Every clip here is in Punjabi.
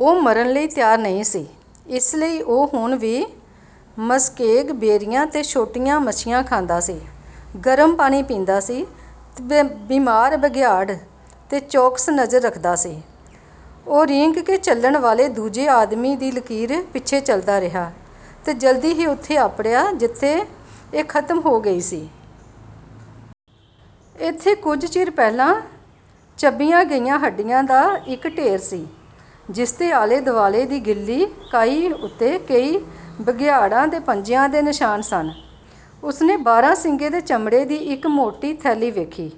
ਉਹ ਮਰਨ ਲਈ ਤਿਆਰ ਨਹੀਂ ਸੀ, ਇਸ ਲਈ ਉਹ ਹੁਣ ਵੀ ਮਸਕੇਗ ਬੇਰੀਆਂ ਤੇ ਛੋਟੀਆਂ ਮੱਛੀਆਂ ਖਾਂਦਾ ਸੀ, ਗਰਮ ਪਾਣੀ ਪੀਂਦਾ ਸੀ ਤੇ ਬਿਮਾਰ ਬਘਿਆੜ 'ਤੇ ਚੌਕਸ ਨਜ਼ਰ ਰੱਖਦਾ ਸੀ। ਉਹ ਰੀਂਗ ਕੇ ਚੱਲਣ ਵਾਲ਼ੇ ਦੂਜੇ ਆਦਮੀ ਦੀ ਲਕੀਰ ਪਿੱਛੇ ਚੱਲਦਾ ਰਿਹਾ ਤੇ ਜਲਦੀ ਹੀ ਉੱਥੇ ਅੱਪੜਿਆ ਜਿੱਥੇ ਇਹ ਖਤਮ ਹੋ ਗਈ ਸੀ। ਇੱਥੇ ਕੁੱਝ ਚਿਰ ਪਹਿਲਾਂ ਚੱਬੀਆਂ ਗਈਆਂ ਹੱਡੀਆਂ ਦਾ ਇੱਕ ਢੇਰ ਸੀ, ਜਿਸਦੇ ਆਲ਼ੇ-ਦੁਆਲ਼ੇ ਦੀ ਗਿੱਲੀ ਕਾਈ ਉੱਤੇ ਕਈ ਬਘਿਆੜਾਂ ਦੇ ਪੰਜਿਆਂ ਦੇ ਨਿਸ਼ਾਨ ਸਨ। ਉਸਨੇ ਬਾਰਾਂਸਿੰਗੇ ਦੇ ਚਮੜੇ ਦੀ ਇੱਕ ਮੋਟੀ ਥੈਲੀ ਵੇਖੀ,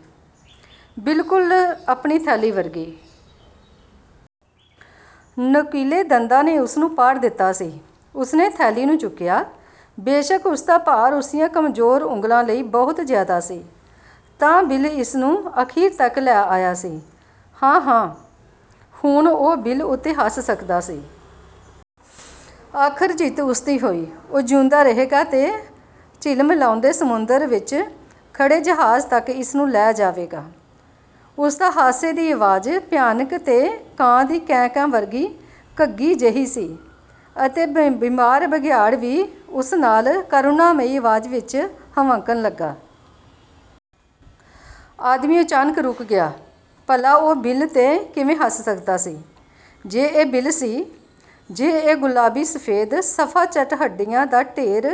ਬਿਲਕੁਲ ਆਪਣੀ ਥੈਲੀ ਵਰਗੀ। ਨੁਕੀਲੇ ਦੰਦਾਂ ਨੇ ਉਸਨੂੰ ਪਾੜ ਦਿੱਤਾ ਸੀ। ਉਸਨੇ ਥੈਲੀ ਨੂੰ ਚੁੱਕਿਆ, ਬੇਸ਼ੱਕ ਉਸਦਾ ਭਾਰ ਉਸਦੀਆਂ ਕਮਜ਼ੋਰ ਉਂਗਲ਼ਾਂ ਲਈ ਬਹੁਤ ਜ਼ਿਆਦਾ ਸੀ। ਤਾਂ ਬਿਲ ਇਸਨੂੰ ਅਖੀਰ ਤੱਕ ਲੈ ਆਇਆ ਸੀ। ਹਾ! ਹਾ! ਹੁਣ ਉਹ ਬਿਲ ਉੱਤੇ ਹੱਸ ਸਕਦਾ ਸੀ। ਆਖ਼ਰ ਜਿੱਤ ਉਸਦੀ ਹੋਈ। ਉਹ ਜਿਉਂਦਾ ਰਹੇਗਾ ਤੇ ਝਿਲਮਿਲਾਉਂਦੇ ਸਮੁੰਦਰ ਵਿੱਚ ਖੜੇ ਜਹਾਜ਼ ਤੱਕ ਇਸਨੂੰ ਲੈ ਜਾਵੇਗਾ। ਉਸਦਾ ਹਾਸੇ ਦੀ ਅਵਾਜ਼ ਭਿਆਨਕ ਤੇ ਕਾਂ ਦੀ ਕੈਂ-ਕੈਂ ਵਰਗੀ ਘੱਗੀ ਜਿਹੀ ਸੀ ਅਤੇ ਬਿਮਾਰ ਬਘਿਆੜ ਵੀ ਉਸ ਨਾਲ਼ ਕਰੁਣਾਮਈ ਅਵਾਜ਼ ਵਿੱਚ ਹਵਾਂਕਣ ਲੱਗਾ। ਆਦਮੀ ਅਚਾਨਕ ਰੁਕ ਗਿਆ। ਭਲਾ ਉਹ ਬਿਲ 'ਤੇ ਕਿਵੇਂ ਹੱਸ ਸਕਦਾ ਸੀ, ਜੇ ਇਹ ਬਿਲ ਸੀ; ਜੇ ਇਹ ਗੁਲਾਬੀ ਸਫੇਦ, ਸਫਾਚੱਟ ਹੱਡੀਆਂ ਦਾ ਢੇਰ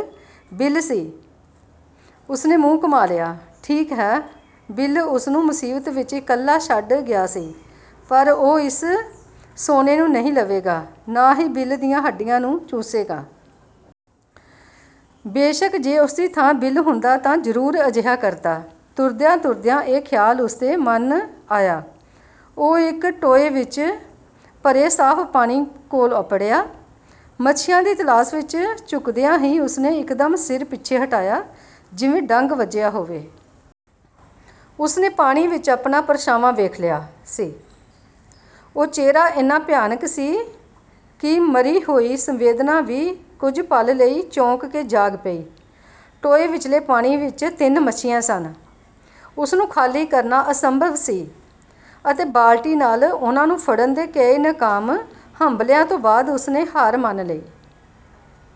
ਬਿਲ ਸੀ? ਉਸਨੇ ਮੂੰਹ ਘੁਮਾ ਲਿਆ। ਠੀਕ ਹੈ, ਬਿਲ ਉਸਨੂੰ ਮੁਸੀਬਤ ਵਿੱਚ ਇਕੱਲਾ ਛੱਡ ਗਿਆ ਸੀ ਪਰ ਉਹ ਇਸ ਸੋਨੇ ਨੂੰ ਨਹੀਂ ਲਵੇਗਾ, ਨਾ ਹੀ ਬਿਲ ਦੀਆਂ ਹੱਡੀਆਂ ਚੂਸੇਗਾ। ਬੇਸ਼ੱਕ, ਜੇ ਉਸਦੀ ਥਾਂ ਬਿਲ ਹੁੰਦਾ ਤਾਂ ਜਰੂਰ ਅਜਿਹਾ ਕਰਦਾ, ਤੁਰਦਿਆਂ-ਤੁਰਦਿਆਂ ਇਹ ਖਿਆਲ ਉਸਦੇ ਮਨ ਆਇਆ। ਉਹ ਇੱਕ ਟੋਏ ਵਿੱਚ ਭਰੇ ਸਾਫ਼ ਪਾਣੀ ਕੋਲ਼ ਅੱਪੜਿਆ। ਮੱਛੀਆਂ ਦੀ ਤਲਾਸ਼ ਵਿੱਚ ਝੁਕਦਿਆਂ ਹੀ ਉਸਨੇ ਇੱਕਦਮ ਸਿਰ ਪਿੱਛੇ ਹਟਾਇਆ, ਜਿਵੇਂ ਡੰਗ ਵੱਜਿਆ ਹੋਵੇ। ਉਸਨੇ ਪਾਣੀ ਵਿੱਚ ਆਪਣਾ ਪਰਛਾਵਾਂ ਵੇਖ ਲਿਆ ਸੀ। ਉਹ ਚਿਹਰਾ ਇੰਨਾ ਭਿਆਨਕ ਸੀ ਕਿ ਮਰੀ ਹੋਈ ਸੰਵੇਦਨਾ ਵੀ ਕੁੱਝ ਪਲ ਲਈ ਚੌਂਕ ਕੇ ਜਾਗ ਪਈ। ਟੋਏ ਵਿਚਲੇ ਪਾਣੀ ਵਿੱਚ ਤਿੰਨ ਮੱਛੀਆਂ ਸਨ। ਉਸਨੂੰ ਖਾਲੀ ਕਰਨਾ ਅਸੰਭਵ ਸੀ ਅਤੇ ਬਾਲਟੀ ਨਾਲ਼ ਉਨ੍ਹਾਂ ਨੂੰ ਫੜਨ ਦੇ ਕਈ ਨਕਾਮ ਹੰਭਲ਼ਿਆਂ ਤੋਂ ਬਾਅਦ ਉਸਨੇ ਹਾਰ ਮੰਨ ਲਈ।